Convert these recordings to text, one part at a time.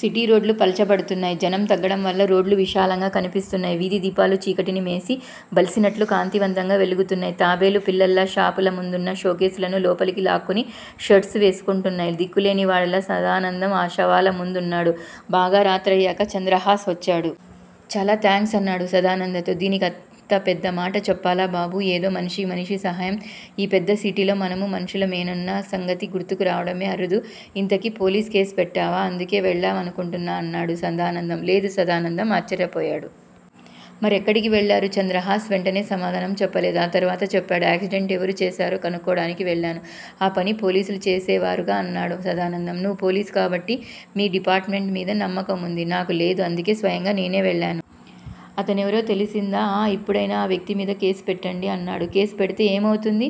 సిటీరోడ్లు పలచబడుతున్నాయి. జనం తగ్గడం వల్ల రోడ్లు విశాలంగా కనిపిస్తున్నాయి. వీధి దీపాలు చీకటిని మేసి బలిసినట్లు కాంతివంతంగా వెలుగుతున్నాయి. తాబేలు పిల్లల్లా షాప్ ల ముందున్న షోకేసులను లోపలికి లాక్కుని షట్టర్స్ వేసుకుంటున్నాయి. దిక్కులేనివాడిలా సదానందం ఆ శవాల ముందున్నాడు. బాగా రాత్రయ్యాక చంద్రహాస్ వచ్చాడు. చాలా థాంక్స్ అన్నాడు సదానందంతో. దీనికి అంత పెద్ద మాట చెప్పాలా బాబూ! ఏదో మనిషికి మనిషి సహాయం. ఈ పెద్ద సిటీలో మనమూ మనుషుల మేనన్న సంగతి గుర్తుకు రావడమే అరుదు. ఇంతకీ పోలీస్ కేసు పెట్టావా? అందుకే వెళ్ళావనుకుంటున్నాను అన్నాడు సదానందం. లేదు సదానందం ఆశ్చర్యపోయాడు. మరెక్కడికి వెళ్ళారు? చంద్రహాస్ వెంటనే సమాధానం చెప్పలేదు. ఆ తరువాత చెప్పాడు. యాక్సిడెంట్ ఎవరు చేశారో కనుక్కోవడానికి వెళ్ళాను. ఆ పని పోలీసులు చేసేవారుగా అన్నాడు సదానందం. నువ్వు పోలీసు కాబట్టి మీ డిపార్ట్ మెంట్ మీద నమ్మకముంది. నాకు లేదు అందుకే స్వయంగా నేనే వెళ్ళాను. అతనెవరో తెలిసిందా? ఆఁ ఇప్పుడయినా ఆ వ్యక్తిమీద కేసు పెట్టండి అన్నాడు. కేసు పెడితే ఏమౌతుంది?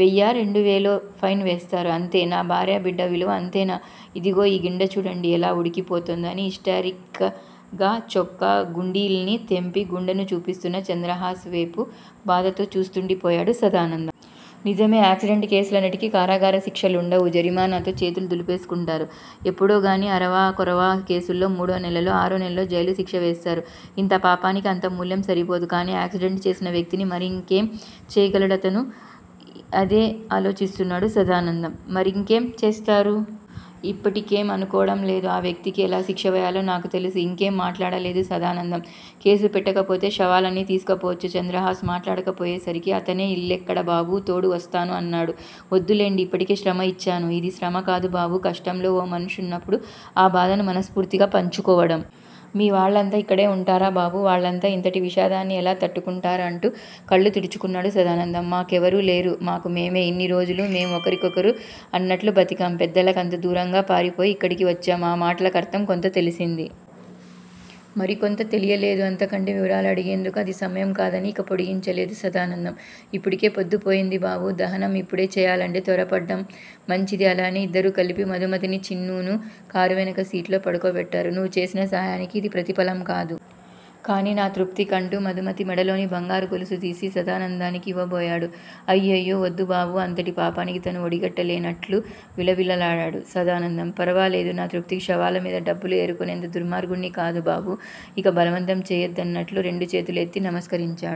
వెయ్యో రెండువేలో ఫైన్ వేస్తారు అంతే నా భార్యా బిడ్డ విలువ అంతేనా. ఇదిగో ఈ గుండె చూడండి ఎలా ఉడికిపోతుందో అని హిస్టీరిక్ గా చొక్కా గుండీల్ని తెంపి గుండెను చూపిస్తున్న చంద్రహాస్ వేపు బాధతో చూస్తుండిపోయాడు సదానందం. నిజమే- యాక్సిడెంట్ కేసులన్నిటికీ కారాగార శిక్షలుండవు. జరిమానాతో చేతులు దులిపేసుకుంటారు. ఎప్పుడోగానీ- అరవా కొరవా కేసుల్లో మూడు నెలలో, ఆరునెలలో జైలుశిక్ష వేస్తారు. ఇంత పాపానికి అంత మూల్యం సరిపోదు. కానీ యాక్సిడెంట్ చేసిన వ్యక్తిని మరింకేం చేయగలడు అతను. అదే ఆలోచిస్తున్నాడు సదానందం. మరింకేం చేస్తారు? ఇప్పటికేం అనుకోవడం లేదు. ఆ వ్యక్తికి ఎలా శిక్ష వేయాలో నాకు తెలుసు. ఇంకేం మాట్లాడలేదు సదానందం. కేసు పెట్టకపోతే శవాల్ని తీసుకుపోవచ్చు. చంద్రహాస్ మాట్లాడకపోయేసరికి అతనే ఇల్లెక్కడ బాబూ తోడు వస్తాను అన్నాడు. వద్దులెండి ఇప్పటికే శ్రమ ఇచ్చాను. ఇది శ్రమ కాదు బాబూ కష్టంలో ఓ మనుషున్నప్పుడు ఆ బాధను మనస్ఫూర్తిగా పంచుకోవడం. మీ వాళ్ళంతా ఇక్కడే వుంటారా బాబూ వాళ్ళంతా ఇంతటి విషాదాన్ని ఎలా తట్టుకుంటారో అంటూ కళ్ళు తుడుచుకున్నాడు సదానందం. మా కెవరూ లేరు. మాకు మేమే. ఇన్ని రోజులూ మేం ఒకరికొకరు అన్నట్లు బతికాం పెద్దలకంతా దూరంగా పారిపోయి ఇక్కడికి వచ్చాం. ఆ మాటల కర్థం కొంత తెలిసింది. మరికొంత తెలియలేదు అంతకంటే వివరాలు అడిగేందుకు అది సమయం కాదని ఇక పొడిగించలేదు సదానందం. ఇప్పటికే పొద్దుపోయింది బాబూ. దహనం ఇప్పుడే చేయాలంటే త్వరపడడం మంచిది అలానే ఇద్దరూ కలిసి మధుమతిని చిన్నూను కారు వెనక సీట్లో పడుకోబెట్టారు. నువ్వు చేసిన సాయానికి ఇది ప్రతిఫలం కాదు. కానీ నా తృప్తికి అంటూ మధుమతి మెడలోని బంగారు గొలుసుతీసి సదానందానికి ఇవ్వబోయాడు. అయ్యొయ్యో వద్దు బాబూ అంతటి పాపానికి తను ఒడిగట్టలేనట్లు విలవిల్లాడాడు సదానందం. ఫరవాలేదు నా తృప్తికి శవాలమీద డబ్బులు ఏరుకునేంత దుర్మార్గుడ్ని కాదు బాబూ ఇక బలవంతం చేయద్దన్నట్టు రెండు చేతులూ ఎత్తి నమస్కరించాడు.